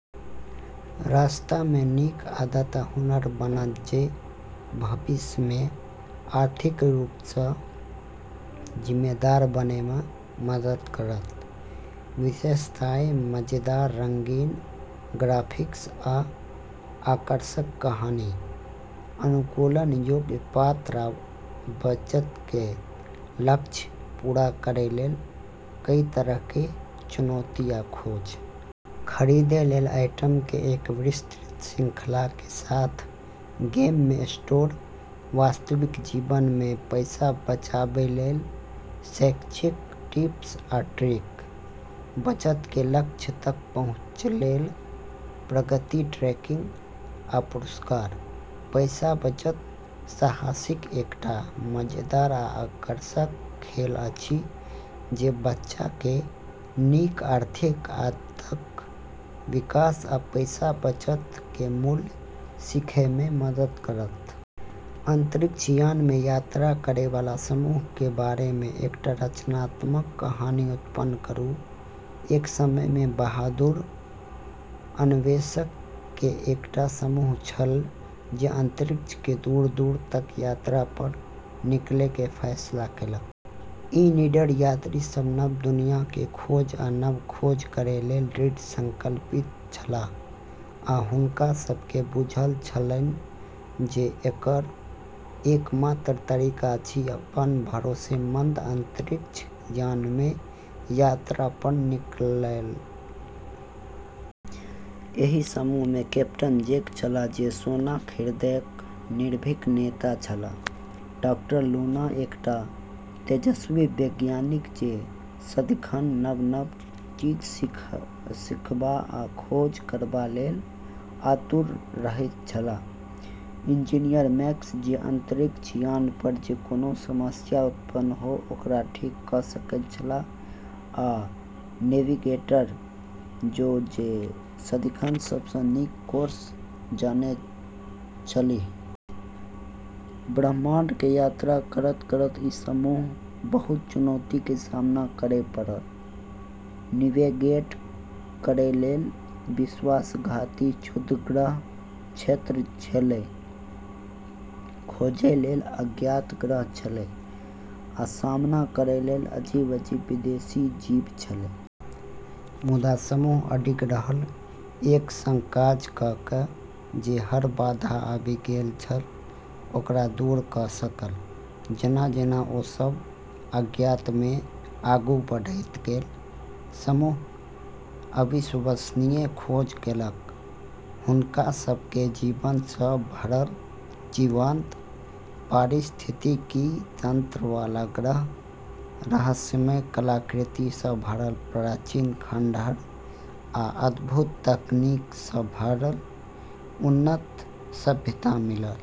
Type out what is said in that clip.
रास्ता मे नीक आदत आ हुनर बनत जे भविष्य मे आर्थिक रूप सँ जिम्मेदार बनय मे मदद करत। विशेषताएं: मजेदार, रंगीन ग्राफिक्स आ आकर्षक कहानी। अनुकूलन योग्य पात्र आ बचत के लक्ष्य पूरा करै लेल कई तरह के चुनौती आ खोज। खरीदै लेल आइटम के एक विस्तृत श्रृंखला के साथ गेम मे स्टोर। वास्तविक जीवन मे पैसा बचाबय लेल शैक्षिक टिप्स आ ट्रिक। बचत के लक्ष्य तक पहुँच लेल प्रगति ट्रैकिंग आ पुरस्कार। पैसा-बचत साहसिक एकटा मजेदार आ आकर्षक खेल अछि जे बच्चा के नीक आर्थिक आदतक विकास आ पैसा बचत के मूल्य सीखय मे मदद करत। अंतरिक्ष यान मे यात्रा करय वाला समूह के बारे मे एकटा रचनात्मक कहानी उत्पन्न करू। एक समय मे बहादुर अन्वेषक के एकटा समूह छल जे अंतरिक्ष के दूर-दूर तक यात्रा पर निकलय के फैसला केलक। ई निडर यात्री सब नव दुनिया के खोज आ नव खोज करय लेल दृढ़ संकल्पित छलाह, आ हुनका सब के बुझल छलनि जे एकर एकमात्र तरीका अछि अपन भरोसेमंद अंतरिक्ष यान मे यात्रा पर निकलय। एहि समूह मे कैप्टन जैक छलाह, जे सोनाक हृदयक निर्भीक नेता छलाह; डाक्टर लूना, एकटा तेजस्वी वैज्ञानिक जे सदिखन नव-नव चीज सीखबा आ खोज करबा लेल आतुर रहैत छलाह; इंजीनियर मैक्स, जे अंतरिक्ष यान पर जे कोनो समस्या उत्पन्न हो, ओकरा ठीक क' सकैत छलाह; आ नेविगेटर ज़ो, जे सदिखन सबसँ नीक कोर्स जनैत छलीह। ब्रह्माण्ड के यात्रा करत-करत ई समूह के बहुत चुनौती के सामना करय पड़ल। नेविगेट करै लेल विश्वासघाती क्षुद्रग्रह क्षेत्र छेलै, खोजै लेल अज्ञात ग्रह छेलै, आ सामना करै लेल अजीब-अजीब विदेशी जीव छेलै। मुदा समूह अडिग रहल, एक संग काज क' क' जे हर बाधा आबि गेल छल, ओकरा दूर क' सकल। जेना-जेना ओ सब अज्ञात मे आगू बढ़ैत गेल, समूह अविश्वसनीय खोज केलक। हुनका सब के जीवन सँ भरल जीवंत पारिस्थितिकी तंत्र वाला ग्रह, रहस्यमय कलाकृति सँ भरल प्राचीन खंडहर आ अद्भुत तकनीक सँ भरल उन्नत सभ्यता मिलल।